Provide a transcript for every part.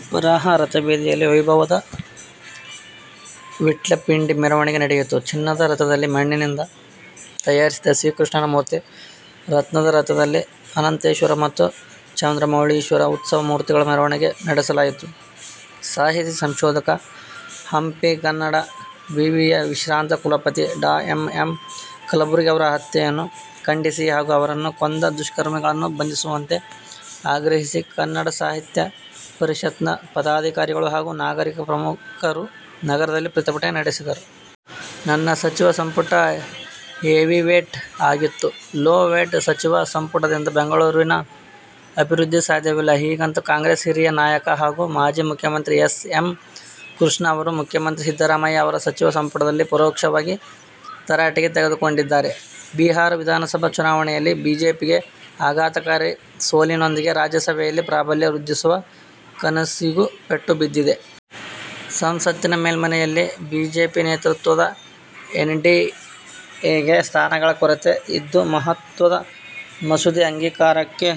ಅಪರಾಹ್ನ ರಥಬೀದಿಯಲ್ಲಿ ವೈಭವದ ವಿಟ್ಲಪಿಂಡಿ ಮೆರವಣಿಗೆ ನಡೆಯಿತು. ಚಿನ್ನದ ರಥದಲ್ಲಿ ಮಣ್ಣಿನಿಂದ ತಯಾರಿಸಿದ ಶ್ರೀಕೃಷ್ಣನ ಮೂರ್ತಿ, ರತ್ನದ ರಥದಲ್ಲಿ ಅನಂತೇಶ್ವರ ಮತ್ತು ಚಂದ್ರಮೌಳೀಶ್ವರ ಉತ್ಸವ ಮೂರ್ತಿಗಳ ಮೆರವಣಿಗೆ ನಡೆಸಲಾಯಿತು. ಸಾಹಿತಿ, ಸಂಶೋಧಕ, ಹಂಪಿ ಕನ್ನಡ ವಿವಿಯ ವಿಶ್ರಾಂತ ಕುಲಪತಿ ಡಾ. ಎಂ. ಎಂ. ಕಲಬುರ್ಗಿ ಅವರ ಹತ್ಯೆಯನ್ನು ಖಂಡಿಸಿ ಹಾಗೂ ಅವರನ್ನು ಕೊಂದ ದುಷ್ಕರ್ಮಿಗಳನ್ನು ಬಂಧಿಸುವಂತೆ ಆಗ್ರಹಿಸಿ ಕನ್ನಡ ಸಾಹಿತ್ಯ ಪರಿಷತ್ನ ಪದಾಧಿಕಾರಿಗಳು ಹಾಗೂ ನಾಗರಿಕ ಪ್ರಮುಖರು ನಗರದಲ್ಲಿ ಪ್ರತಿಭಟನೆ ನಡೆಸಿದರು. ನನ್ನ ಸಚಿವ ಸಂಪುಟ 'ಹೆವಿವೇಟ್' ಆಗಿತ್ತು. 'ಲೋ ವೇಟ್' ಸಚಿವ ಸಂಪುಟದಿಂದ ಬೆಂಗಳೂರಿನ ಅಭಿವೃದ್ಧಿ ಸಾಧ್ಯವಿಲ್ಲ. ಹೀಗಂತ ಕಾಂಗ್ರೆಸ್ ಹಿರಿಯ ನಾಯಕ ಹಾಗೂ ಮಾಜಿ ಮುಖ್ಯಮಂತ್ರಿ ಎಸ್. ಎಂ. ಕೃಷ್ಣ ಅವರು ಮುಖ್ಯಮಂತ್ರಿ ಸಿದ್ದರಾಮಯ್ಯ ಅವರ ಸಚಿವ ಸಂಪುಟವನ್ನು ಪರೋಕ್ಷವಾಗಿ ತರಾಟೆಗೆ ತೆಗೆದುಕೊಂಡಿದ್ದಾರೆ. ಬಿಹಾರ ವಿಧಾನಸಭಾ ಚುನಾವಣೆಯಲ್ಲಿ ಬಿಜೆಪಿಗೆ ಆಘಾತಕಾರಿ ಸೋಲಿನೊಂದಿಗೆ, ರಾಜ್ಯಸಭೆಯಲ್ಲಿ ಪ್ರಾಬಲ್ಯ ವೃದ್ಧಿಸುವ ಕನಸಿಗೂ ಪೆಟ್ಟು ಬಿದ್ದಿದೆ. ಸಂಸತ್ತಿನ ಮೇಲ್ಮನೆಯಲ್ಲಿ ಬಿಜೆಪಿ ನೇತೃತ್ವದ ಎನ್ಡಿಎಗೆ ಸ್ಥಾನಗಳ ಕೊರತೆ ಇದ್ದು ಮಹತ್ವದ ಮಸೂದೆ ಅಂಗೀಕಾರಕ್ಕೆ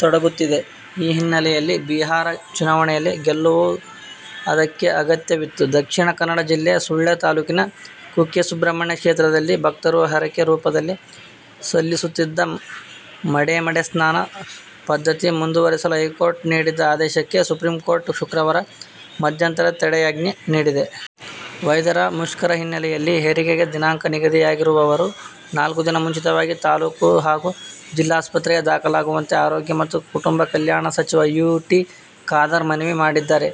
ತೊಡಕಾಗುತ್ತಿದೆ. ಈ ಹಿನ್ನೆಲೆಯಲ್ಲಿ ಬಿಹಾರ ಚುನಾವಣೆಯಲ್ಲಿ ಗೆಲುವು ಅದಕ್ಕೆ ಅಗತ್ಯವಿತ್ತು. ದಕ್ಷಿಣ ಕನ್ನಡ ಜಿಲ್ಲೆ ಸುಳ್ಯ ತಾಲೂಕಿನ ಕುಕ್ಕೆ ಸುಬ್ರಹ್ಮಣ್ಯ ಕ್ಷೇತ್ರದಲ್ಲಿ ಭಕ್ತರು ಹರಕೆ ರೂಪದಲ್ಲಿ ಸಲ್ಲಿಸುತ್ತಿದ್ದ ಮಡೆ ಮಡೆ ಸ್ನಾನ ಪದ್ಧತಿ ಮುಂದುವರಿಸಲು ಹೈಕೋರ್ಟ್ ನೀಡಿದ್ದ ಆದೇಶಕ್ಕೆ ಸುಪ್ರೀಂಕೋರ್ಟ್ ಶುಕ್ರವಾರ ಮಧ್ಯಂತರ ತಡೆಯಾಜ್ಞೆ ನೀಡಿದೆ. ವೈದ್ಯರ ಮುಷ್ಕರ ಹಿನ್ನೆಲೆಯಲ್ಲಿ ಹೆರಿಗೆಗೆ ದಿನಾಂಕ ನಿಗದಿಯಾಗಿರುವವರು ನಾಲ್ಕು ದಿನ ಮುಂಚಿತವಾಗಿ ತಾಲೂಕು ಹಾಗೂ ಜಿಲ್ಲಾಸ್ಪತ್ರಗೆ ದಾಖಲಾಗುವಂತೆ ಆರೋಗ್ಯ ಮತ್ತು ಕುಟುಂಬ ಕಲ್ಯಾಣ ಸಚಿವ ಯು. ಟಿ. ಖಾದರ್ ಮನವಿ ಮಾಡಿದ್ದಾರೆ.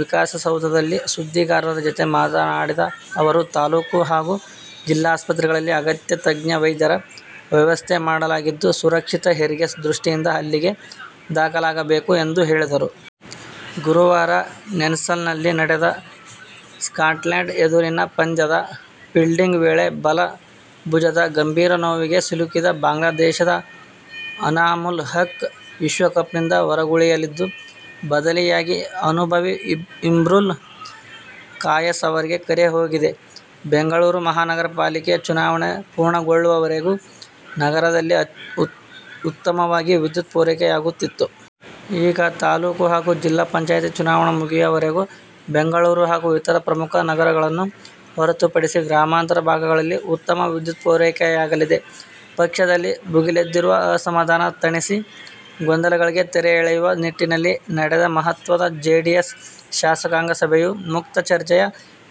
ವಿಕಾಸಸೌಧದಲ್ಲಿ ಸುದ್ದಿಗಾರರ ಜತೆ ಮಾತನಾಡಿದ ಅವರು, ತಾಲೂಕು ಹಾಗೂ ಜಿಲ್ಲಾಸ್ಪತ್ರೆಗಳಲ್ಲಿ ಅಗತ್ಯ ತಜ್ಞ ವೈದ್ಯರ ವ್ಯವಸ್ಥೆ ಮಾಡಲಾಗಿದ್ದು, ಸುರಕ್ಷಿತ ಹೆರಿಗೆ ದೃಷ್ಟಿಯಿಂದ ಅಲ್ಲಿಗೆ ದಾಖಲಾಗಬೇಕು ಎಂದು ಹೇಳಿದರು. ಗುರುವಾರ ನೆಲ್ಸನ್ನಲ್ಲಿ ನಡೆದ ಸ್ಕಾಟ್ಲೆಂಡ್ ಎದುರಿನ ಪಂದ್ಯದ ಫೀಲ್ಡಿಂಗ್ ವೇಳೆ ಬಲ ಭುಜದ ಗಂಭೀರ ನೋವಿಗೆ ಸಿಲುಕಿದ ಬಾಂಗ್ಲಾದೇಶದ ಅನಾಮುಲ್ ಹಕ್ ವಿಶ್ವಕಪ್ನಿಂದ ಹೊರಗುಳಿಯಲಿದ್ದು, ಬದಲಿಯಾಗಿ ಅನುಭವಿ ಇಮ್ರುಲ್ ಕಾಯಸ್ ಅವರಿಗೆ ಕರೆ ಹೋಗಿದೆ. ಬೆಂಗಳೂರು ಮಹಾನಗರಪಾಲಿಕೆ ಚುನಾವಣೆ ಪೂರ್ಣಗೊಳ್ಳುವವರೆಗೂ ನಗರದಲ್ಲಿ ಉತ್ತಮವಾಗಿ ವಿದ್ಯುತ್ ಪೂರೈಕೆಯಾಗುತ್ತಿತ್ತು. ಈಗ ತಾಲೂಕು ಹಾಗೂ ಜಿಲ್ಲಾ ಪಂಚಾಯತಿ ಚುನಾವಣೆ ಮುಗಿಯುವವರೆಗೂ ಬೆಂಗಳೂರು ಹಾಗೂ ಇತರ ಪ್ರಮುಖ ನಗರಗಳನ್ನು ಹೊರತು ಪಡಿಸಿ ಗ್ರಾಮಾಂತರ ಭಾಗಗಳಲ್ಲಿ ಉತ್ತಮ ವಿದ್ಯುತ್ ಪೂರೈಕೆಯಾಗಲಿದೆ. ಪಕ್ಷದಲ್ಲಿ ಭುಗಿಲೆದ್ದಿರುವ ಅಸಮಾಧಾನ ತಣಿಸಿ ಗೊಂದಲಗಳಿಗೆ ತೆರೆ ಎಳೆಯುವ ನಿಟ್ಟಿನಲ್ಲಿ ನಡೆದ ಮಹತ್ವದ ಜೆಡಿಎಸ್ ಶಾಸಕಾಂಗ ಸಭೆಯು ಮುಕ್ತ ಚರ್ಚೆಯ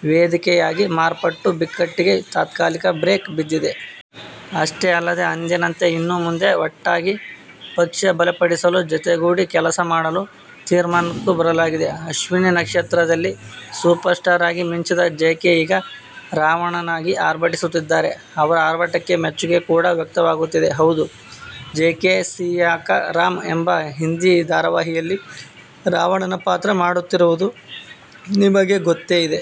ವೇದಿಕೆಯಾಗಿ ಮಾರ್ಪಟ್ಟು ಬಿಕ್ಕಟ್ಟಿಗೆ ತಾತ್ಕಾಲಿಕ ಬ್ರೇಕ್ ಬಿದ್ದಿದೆ. ಅಷ್ಟೇ ಅಲ್ಲದೆ ಎಂದಿನಂತೆ ಇನ್ನು ಮುಂದೆ ಒಟ್ಟಾಗಿ ಪಕ್ಷ ಬಲಪಡಿಸಲು ಜತೆಗೂಡಿ ಕೆಲಸ ಮಾಡಲು ತೀರ್ಮಾನಕ್ಕೂ ಬರಲಾಗಿದೆ. "ಅಶ್ವಿನಿ ನಕ್ಷತ್ರ'ದಲ್ಲಿ ಸೂಪರ್ಸ್ಟಾರ್ ಆಗಿ ಮಿಂಚಿದ ಜೆಕೆ ಈಗ ರಾವಣನಾಗಿ ಆರ್ಭಟಿಸುತ್ತಿದ್ದಾರೆ. ಅವರ ಅರ್ಭಟಕ್ಕೆ ಮೆಚ್ಚುಗೆ ಕೂಡಾ ವ್ಯಕ್ತವಾಗುತ್ತಿದೆ. ಹೌದು, ಜೆಕೆ "ಸಿಯಾಕಾ ರಾಮ್' ಎಂಬ ಹಿಂದಿ ಧಾರಾವಾಹಿಯಲ್ಲಿ ರಾವಣನ ಪಾತ್ರ ಮಾಡುತ್ತಿರುವುದು ನಿಮಗೆ ಗೊತ್ತೇ ಇದೆ.